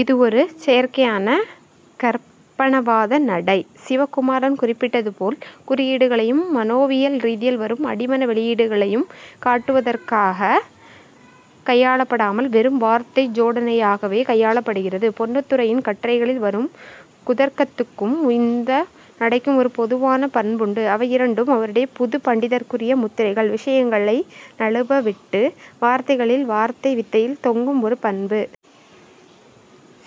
இது ஒரு செயற்கையான கற்பனவாத நடை. சிவகுமாரன் குறிப்பிட்டது போல், குறியீடுகளையும் மனோவியல் ரீதியில் வரும் அடிமன வெளியீடுகளையும் காட்டுவதற்காகக் கையாளப்படாமல், வெறும் வார்த்தை ஜோடனையாகவே கையாளப்படுகிறது. பொன்னுத்துரையின் கட்டுரைகளில் வரும் குதர்க்கத்துக்கும் இந்த நடைக்கும் ஒரு பொதுவான பண்புண்டு. அவை இரண்டும் அவருடைய புதுப் பண்டிதத்திற்குரிய முத்திரைகள்; விஷயங்களை நழுவவிட்டு வார்த்தைகளில், வார்த்தை வித்தையில் தொங்கும் ஒரு பண்பு.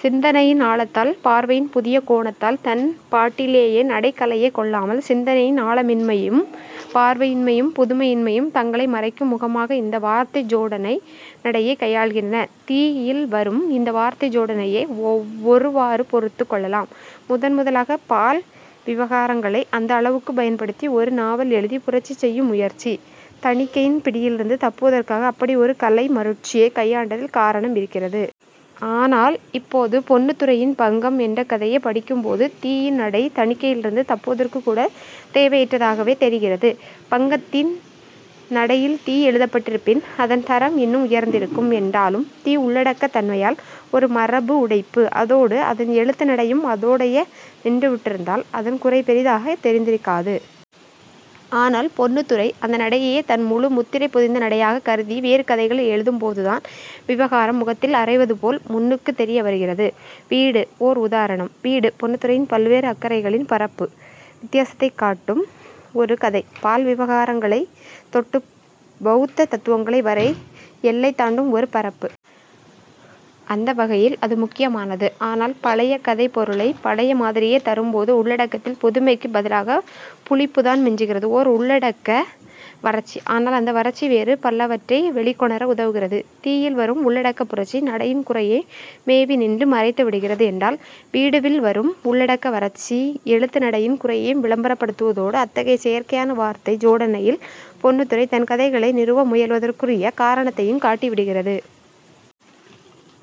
சிந்தனையின் ஆழத்தால், பார்வையின் புதிய கோணத்தால், தன்பாட்டிலேயே நடை கலையைக் கொள்ளாமல்... சிந்தனையின் ஆழமின்மையும், பார்வையின்மையும், புதுமையின்மையும் தங்களை மறைக்கும் முகமாக இந்த வார்த்தை ஜோடனை நடையைக் கையாள்கின்றன. 'தீ'யில் வரும் இந்த வார்த்தை ஜோடனையை ஒருவாறு பொறுத்துக் கொள்ளலாம். முதன்முதலாகப் பால் விவகாரங்களை அந்த அளவுக்குப் பயன்படுத்தி ஒரு நாவல் எழுதிப் புரட்சி செய்யும் முயற்சி; தணிக்கையின் பிடியிலிருந்து தப்புவதற்காக அப்படி ஒரு கலை மருட்சியைக் கையாண்டதில் காரணம் இருக்கிறது. ஆனால், இப்போது பொன்னுத்துரையின் 'பங்கம்' என்ற கதையைப் படிக்கும்போது, 'தீ'யின் நடை தணிக்கையிலிருந்து தப்புவதற்குக் கூடத் தேவையற்றதாகவே தெரிகிறது. 'பங்கத்'தின் நடையில் 'தீ' எழுதப்பட்டிருப்பின், அதன் தரம் இன்னும் உயர்ந்திருக்கும். என்றாலும், 'தீ' உள்ளடக்கத் தன்மையால் ஒரு மரபு உடைப்பு. அதோடு அதன் எழுத்து நடையும் அதோடேயே நின்றுவிட்டிருந்தால், அதன் குறை பெரிதாகத் தெரிந்திருக்காது. ஆனால் பொன்னுத்துரை அந்த நடையையே தன் முழு முத்திரை பொதிந்த நடையாகக் கருதி வேறு கதைகளை எழுதும்போதுதான், விவகாரம் முகத்தில் அறைவது போல் முன்னுக்குத் தெரியவருகிறது. 'வீடு' ஓர் உதாரணம். 'வீடு' பொன்னுத்துரையின் பல்வேறு அக்கறைகளின் பரப்பு வித்தியாசத்தைக் காட்டும் ஒரு கதை. பால் விவகாரங்கள் தொட்டு பௌத்த தத்துவங்கள் வரை எல்லை தாண்டும் ஒரு பரப்பு. அந்த வகையில் அது முக்கியமானது. ஆனால் பழைய கதைப்பொருளைப் பழைய மாதிரியே தரும்போது, உள்ளடக்கத்தில் புதுமைக்குப் பதிலாகப் புளிப்புதான் மிஞ்சுகிறது; ஓர் உள்ளடக்க வறட்சி. ஆனால் அந்த வறட்சி வேறு பலவற்றை வெளிக்கொணர உதவுகிறது. 'தீ'யில் வரும் உள்ளடக்கப் புரட்சி நடையின் குறையை மேவி நின்று மறைத்துவிடுகிறது என்றால், 'வீடு'வில் வரும் உள்ளடக்க வறட்சி எழுத்து நடையின் குறையையும் விளம்பரப்படுத்துவதோடு, அத்தகைய செயற்கையான வார்த்தை ஜோடனையில் பொன்னுத்துரை தன் கதைகளை நிறுவ முயல்வதற்குரிய காரணத்தையும் காட்டிவிடுகிறது.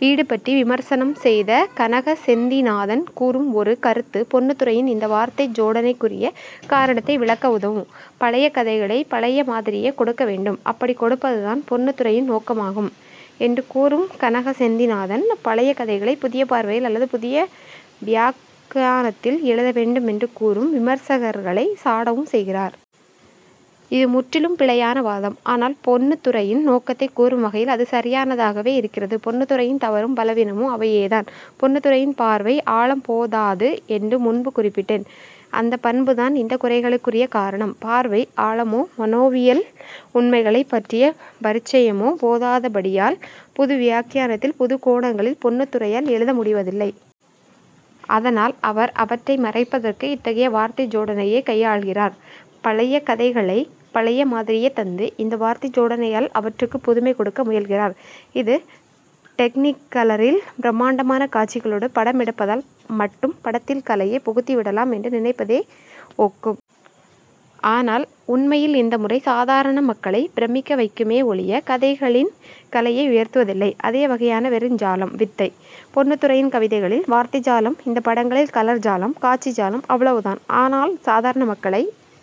'வீடு' பற்றி விமர்சனம் செய்த கனக செந்திநாதன் கூறும் ஒரு கருத்து, பொன்னுத்துரையின் இந்த வார்த்தை ஜோடனைக்குரிய காரணத்தை விளக்க உதவும். "பழைய கதைகளைப் பழைய மாதிரியே கொடுக்க வேண்டும்; அப்படிக் கொடுப்பதுதான் பொன்னுத்துரையின் நோக்கமாகும்" என்று கூறும் கனக செந்திநாதன், பழைய கதைகளைப் புதிய பார்வையில் அல்லது புதிய வியாக்கியானத்தில் எழுத வேண்டும் என்று கூறும் விமர்சகர்களைச் சாடவும் செய்கிறார். இது முற்றிலும் பிழையான வாதம். ஆனால் பொன்னுத்துரையின் நோக்கத்தைக் கூறும் வகையில் அது சரியானதாகவே இருக்கிறது. பொன்னுத்துரையின் தவறும் பலவீனமும் அவையேதான். பொன்னுத்துரையின் பார்வை ஆழம் போதாது என்று முன்பு குறிப்பிட்டேன். அந்தப் பண்புதான் இந்தக் குறைகளுக்குரிய காரணம். பார்வை ஆழமோ மனோவியல் உண்மைகளைப் பற்றிய பரிச்சயமோ போதாதபடியால், புது வியாக்கியானத்தில், புதுக்கோணங்களில் பொன்னுத்துரையால் எழுத முடிவதில்லை. அதனால் அவர் அவற்றை மறைப்பதற்கு இத்தகைய வார்த்தை ஜோடனையைக் கையாள்கிறார். பழைய கதைகளைப் பழைய மாதிரியே தந்து, இந்த வார்த்தை ஜோடனையால் அவற்றுக்குப் புதுமை கொடுக்க முயல்கிறார். இது டெக்னிகலரில் பிரம்மாண்டமான காட்சிகளோடு படம் எடுப்பதால் மட்டும் படத்தில் கலையைப் புகுத்திவிடலாம் என்று நினைப்பதை ஒக்கும். ஆனால் உண்மையில் இந்த முறை சாதாரண மக்களைப் பிரமிக்க வைக்குமே ஒழிய, கதைகளின் கலையை உயர்த்துவதில்லை. அதே வகையான வெறும் ஜாலம்; வித்தை. பொன்னுத்துரையின் கதைகளில் வார்த்தை ஜாலம்; இந்தப் படங்களில் கலர் ஜாலம், காட்சி ஜாலம் — அவ்வளவுதான். ஆனால் சாதாரண மக்களை